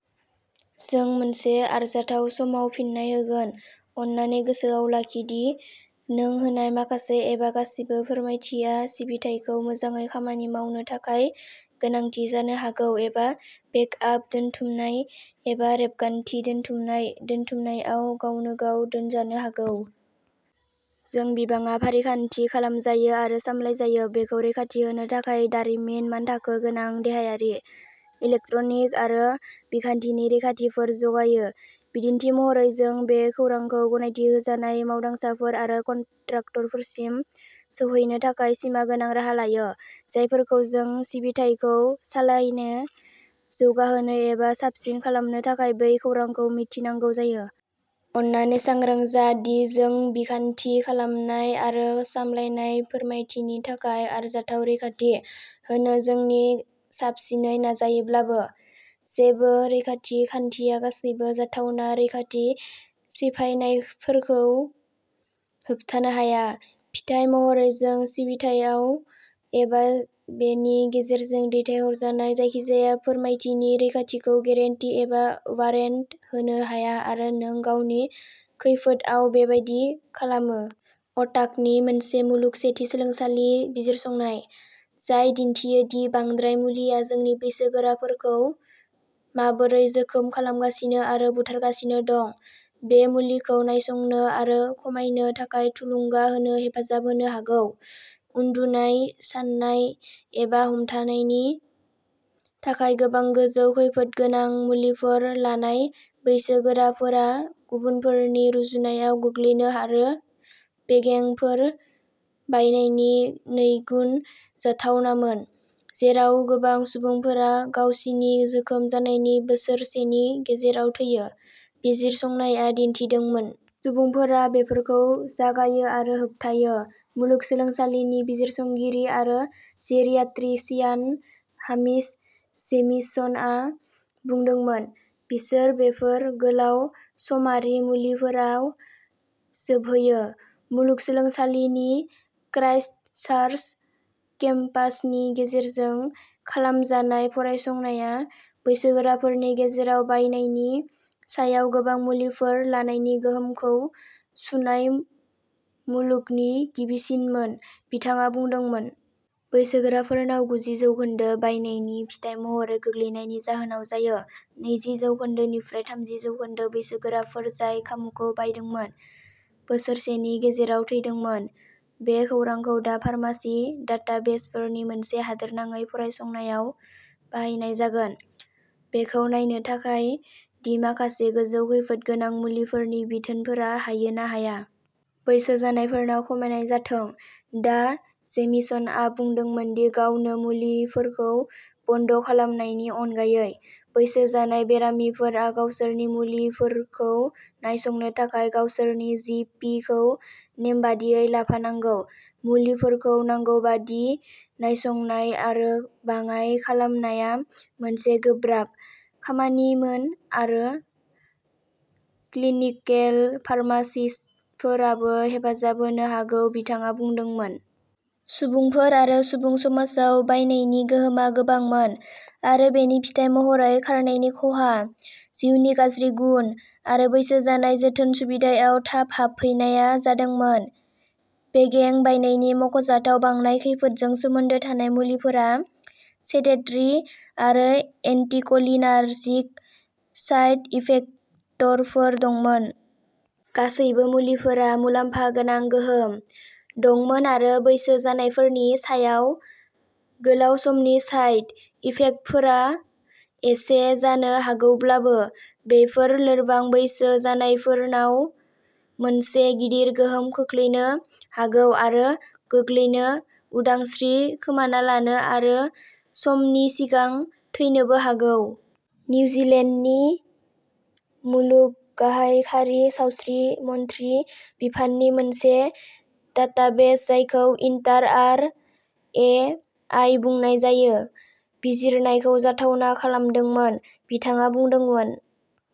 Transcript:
जों मोनसे आरजाथाव समाव फिन्नाय होगोन। अन्नानै गोसोआव लाखि दि नों होनाय माखासे एबा गासिबो फोरमायथिया सिबिथाइखौ मोजाङै खामानि मावनो थाखाय गोनांथि जानो हागौ एबा बेकआप दोनथुमनाय एबा रेबगान्थि दोनथुमनाय, दोनथुमनायाव गावनो-गाव दोनजानो हागौ। जों बिबाङा फारिखान्थि खालामजायो आरो सामलायजायो बेखौ रैखाथि होनो थाखाय दारिमिन मानथाखो गोनां देहायारि, इलेक्ट्रनिक आरो बिखान्थिनि रैखाथिफोर जगायो। बिदिन्थि महरै, जों बे खौरांखौ गनायथि होजानाय मावदांसाफोर आरो कन्ट्राक्टरफोरसिम सौहैनो थाखाय सिमा गोनां राहा लायो, जायफोरखौ जोंनि सिबिथाइखौ सालायनो, जौगाहोनो एबा साबसिन खालामनो थाखाय बै खौरांखौ मिथिनांगौ जायो। अन्नानै सांग्रां जा दि, जों बिखान्थि खालामनाय आरो सामलायनाय फोरमायथिनि थाखाय आरजाथाव रैखाथि होनो जोंनि साबसिनै नाजायोब्लाबो, जेबो रैखाथि खान्थिया गासैबो जाथावना रैखाथि सिफायनायफोरखौ होबथानो हाया। फिथाय महरै जों सिबिथायाव एबा बेनि गेजेरजों दैथायहरजानाय जायखिजाया फोरमायथिनि रैखाथिखौ गेरेन्टि एबा वारेन्ट होनो हाया आरो नों गावनि खैफोदआव बेबादि खालामो। अटाग'नि मोनसे मुलुग सेथि मुलुगसोलोंसालि बिजिरसंनाय, जाय दिन्थियो दि बांद्राय मुलिआ जोंनि बैसोगोराफोरखौ माबोरै जोखोम खालामगासिनो आरो बुथारगासिनो दं, बे मुलिखौ नायसंनो आरो खमायनो थाखाय थुलुंगा होनो हेफाजाब होनो हागौ। उन्दुनाय, सानाय एबा हमथानायनि थाखाय गोबां गोजौ खैफोदगोनां मुलिफोर लानाय बैसोगोराफोरा गुबुनफोरनि रुजुनायाव गोग्लैनो आरो बेगेंफोर बायनायनि नैगुन जाथावनामोन, जेराव गोबां सुबुंफोरा गावसिनि जोखोम जानायनि बोसोरसेनि गेजेराव थैयो, बिजिरसंनाया दिन्थिदोंमोन। सुबुंफोरा बेफोरखौ जागायो आरो होबथायो, मुलुगसोलोंसालिनि बिजिरसंगिरि आरो जेरियाट्रिशियान हामिश जेमिसनआ बुंदोंमोन- "बिसोर बेफोर गोलाव-समारि मुलिफोराव जोबहैयो।" मुलुगसोलोंसालिनि क्राइस्टचार्च केम्पासनि गेजेरजों खालामजानाय फरायसंनाया, बैसोगोराफोरनि गेजेराव बायनायनि सायाव गोबां मुलिफोर लानायनि गोहोमखौ सुनाय मुलुगनि गिबिसिनमोन, बिथाङा बुंदोंमोन। बैसोगोराफोरनाव, गुजि जौखोन्दो बायनायनि फिथाय महरै गोग्लैनायनि जाहोनाव जायो। नैजि जौखोन्दो निफ्राय थामजि जौखोन्दो बैसोगोराफोर जाय खामुखौ बायदोंमोन, बोसोरसेनि गेजेराव थैदोंमोन। बे खौरांखौ दा फार्मासि डाटाबेसफोरनि मोनसे हादोरनाङै फरायसंनायाव बाहायनाय जागोन, बेखौ नायनो थाखाय दि माखासे गोजौ खैफोदगोनां मुलिफोरनि बिथोनफोरा हायो ना हाया। बैसो जानायफोरनाव खमायनाय जाथों। डा. जेमिसनआ बुंदोंमोन दि गावनो मुलिफोरखौ बन्द खालामनायनि अनगायै, बैसो जानाय बेरामिफोरा गावसोरनि मुलिफोरखौ नायसंनो थाखाय गावसोरनि जि. पि. खौ नेमबादियै लाफानांगौ। मुलिफोरखौ नांगौ बायदि नायसंनाय आरो बाङाइ खालामनाया मोनसे "गोब्राब" खामानिमोन आरो क्लिनिकेल फार्मासिस्टफोराबो हेफाजाब होनो हागौ, बिथाङा बुंदोंमोन। सुबुंफोर आरो सुबुं समाजाव बायनायनि गोहोमआ गोबांमोन आरो बेनि फिथाय महरै खारनायनि खहा, जिउनि गाज्रि गुन, आरो बैसो जानाय जोथोन सुबिदायाव थाब हाबफैनाया जादोंमोन। बेगें बायनायनि मख'जाथाव बांनाय खैफोदजों सोमोन्दो थानाय मुलिफोरा "सेडेटरि" आरो "एन्टिकलिनार्जिक" साइड इफेक्टरफोर दंमोन। गासैबो मुलिफोरा "मुलाम्फा गोनां गोहोम" दंमोन आरो बैसो जानायफोरनि सायाव गोलाव समनि साइड इफेक्टफोरा एसे जानो हागौब्लाबो, बेफोर "लोरबां बैसो जानायफोरनाव मोनसे गिदिर गोहोम खोख्लैनो हागौ आरो गोग्लैनो, उदांस्रि खोमाना लानो आरो समनि सिगां थैनोबो हागौ।" निउजिलेन्डनि मुलुग गाहाय खारि, सावस्रि मन्थ्रि बिफाननि मोनसे डाटाबेस जायखौ इन्टार आर ए आइ बुंनाय जायो, बिजिरनायखौ जाथावना खालामदोंमोन, बिथाङा बुंदोंमोन।